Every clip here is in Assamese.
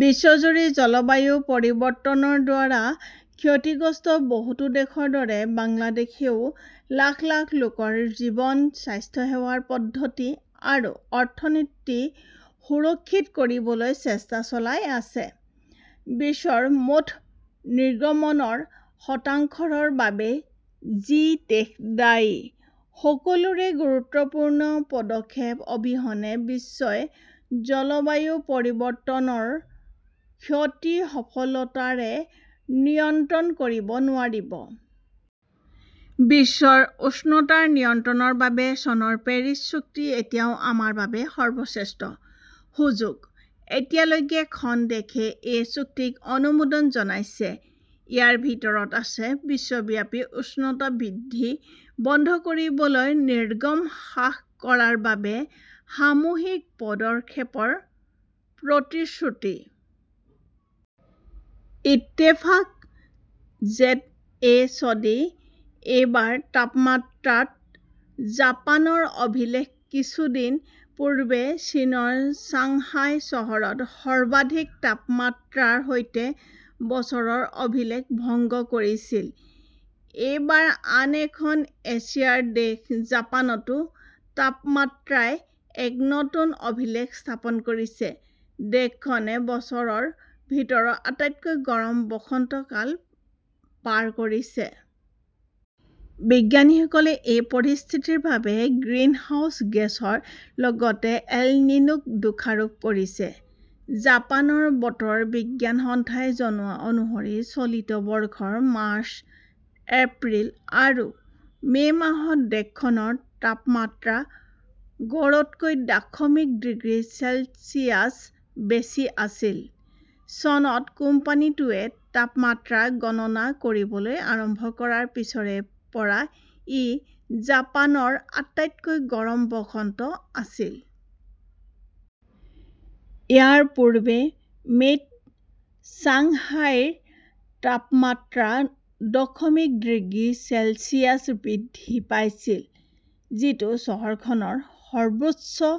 বিশ্বজুৰি জলবায়ু পৰিৱৰ্তনৰ দ্বাৰা ক্ষতিগ্ৰস্ত বহুতো দেশৰ দৰে বাংলাদেশেও লাখ লাখ লোকৰ জীৱন, স্বাস্থ্য সেৱাৰ পদ্ধতি আৰু অৰ্থনীতি সুৰক্ষিত কৰিবলৈ চেষ্টা চলাই আছে। বিশ্বৰ মুঠ নিৰ্গমনৰ শতাংশৰ বাবে জি- দেশ দায়ী। সকলোৰে গুৰুত্বপূৰ্ণ পদক্ষেপ অবিহনে বিশ্বই জলবায়ু পৰিৱৰ্তনৰ ক্ষতি সফলতাৰে নিয়ন্ত্ৰণ কৰিব নোৱাৰিব। বিশ্ব উষ্ণতা নিয়ন্ত্ৰণৰ বাবে চনৰ পেৰিছ চুক্তি এতিয়াও আমাৰ বাবে সৰ্বশ্ৰেষ্ঠ সুযোগ। এতিয়ালৈকে খন দেশে এই চুক্তিক অনুমোদন জনাইছে। ইয়াৰ ভিতৰত আছে বিশ্বব্যাপী উষ্ণতা বৃদ্ধি বন্ধ কৰিবলৈ নিৰ্গমন হ্ৰাস কৰাৰ বাবে সামূহিক পদক্ষেপৰ প্ৰতিশ্ৰুতি। ইত্তেফাক/জেডএইচডি এইবাৰ তাপমাত্ৰাত জাপানৰ অভিলেখ কিছুদিন পূৰ্বে চীনৰ চাংহাই চহৰত সৰ্বাধিক তাপমাত্ৰাৰ সৈতে বছৰৰ অভিলেখ ভংগ কৰিছিল। এইবাৰ আন এখন এছিয়াৰ দেশ জাপানতো তাপমাত্ৰাই এক নতুন অভিলেখ স্থাপন কৰিছে। দেশখনে বছৰৰ ভিতৰত আটাইতকৈ গৰম বসন্তকাল পাৰ কৰিছে। বিজ্ঞানীসকলে এই পৰিস্থিতিৰ বাবে গ্ৰিনহাউজ গেছৰ লগতে এল নিনোক দোষাৰোপ কৰিছে। জাপানৰ বতৰ বিজ্ঞান সংস্থাই জনোৱা অনুসৰি চলিত বৰ্ষৰ মাৰ্চ, এপ্ৰিল আৰু মে "মাহত দেশখনৰ তাপমাত্ৰা গড়তকৈ দশমিক ডিগ্ৰী চেলছিয়াছ বেছি আছিল। চনত কোম্পানীটোৱে তাপমাত্ৰা গণনা কৰিবলৈ আৰম্ভ কৰাৰ পিছৰে পৰা ই জাপানৰ আটাইতকৈ গৰম বসন্ত আছিল। ইয়াৰ পূৰ্বে মে 'ত চাংহাইৰ তাপমাত্ৰা দশমিক ডিগ্ৰী চেলছিয়াছ বৃদ্ধি পাইছিল, যিটো চহৰখনৰ সৰ্বোচ্চ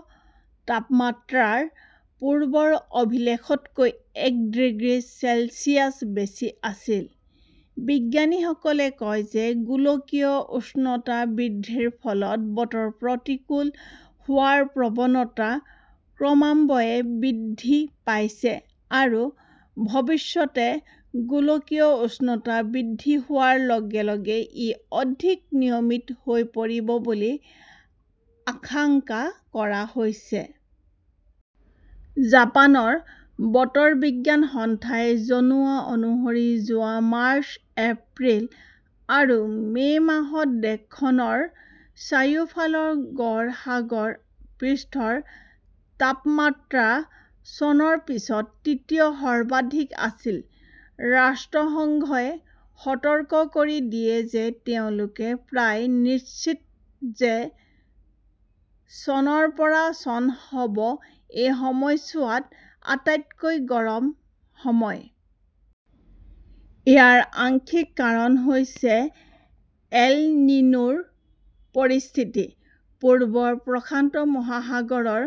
তাপমাত্ৰাৰ পূৰ্বৰ অভিলেখতকৈ এক ডিগ্ৰী চেলছিয়াছ বেছি আছিল। বিজ্ঞানীসকলে কয় যে গোলকীয় উষ্ণতা বৃদ্ধিৰ ফলত বতৰ প্ৰতিকূল হোৱাৰ প্ৰৱণতা ক্ৰমান্বয়ে বৃদ্ধি পাইছে আৰু ভৱিষ্যতে গোলকীয় উষ্ণতা বৃদ্ধি হোৱাৰ লগে লগে ই অধিক নিয়মিত হৈ পৰিব বুলি আশংকা কৰা হৈছে। জাপানৰ বতৰ বিজ্ঞান সংস্থাই জনোৱা অনুসৰি যোৱা মাৰ্চ, এপ্ৰিল আৰু মে "মাহত দেশখনৰ চাৰিওফালৰ গড় সাগৰ পৃষ্ঠৰ তাপমাত্ৰা চনৰ পিছত তৃতীয় সৰ্বাধিক আছিল। ৰাষ্ট্ৰসংঘই সতৰ্ক কৰি দিয়ে যে তেওঁলোকে প্ৰায় নিশ্চিত যে চনৰ পৰা চন হ 'ব এই সময়ছোৱাত আটাইতকৈ গৰম সময়। ইয়াৰ আংশিক কাৰণ হৈছে এল নিনোৰ পৰিস্থিতি। পূব প্ৰশান্ত মহাসাগৰৰ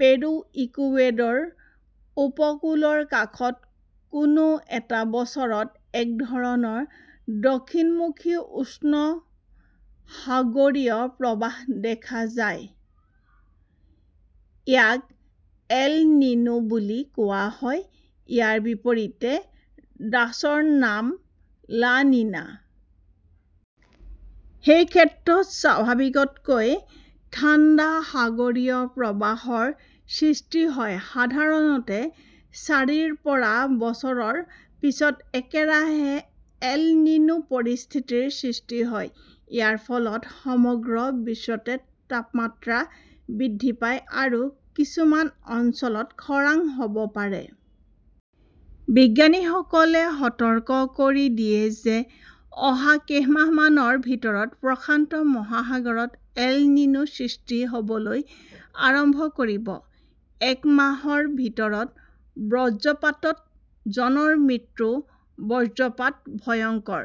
পেৰু-ইকুৱেডৰ উপকূলৰ কাষত কোনো এটা বছৰত এক ধৰণৰ দক্ষিণমুখী উষ্ণ সাগৰীয় প্ৰৱাহ দেখা যায়। ইয়াক এল নিনো বুলি কোৱা হয়। ইয়াৰ বিপৰীতে ডাছৰ নাম লা নিনা। সেই ক্ষেত্ৰত স্বাভাৱিকতকৈ ঠাণ্ডা সাগৰীয় প্ৰৱাহৰ সৃষ্টি হয়। সাধাৰণতে চাৰিৰ পৰা বছৰৰ পিছত একেৰাহে এল নিনো পৰিস্থিতিৰ সৃষ্টি হয়। ইয়াৰ ফলত সমগ্ৰ বিশ্বতে তাপমাত্ৰা বৃদ্ধি পায় আৰু কিছুমান অঞ্চলত খৰাং হ "ব পাৰে। বিজ্ঞানীসকলে সতৰ্ক কৰি দিয়ে যে অহা কেইমাহমানৰ ভিতৰতে প্ৰশান্ত মহাসাগৰত এল নিনো সৃষ্টি হ 'বলৈ আৰম্ভ কৰিব। এক মাহৰ ভিতৰত বজ্ৰপাতত জনৰ মৃত্যু বজ্ৰপাত ভয়ংকৰ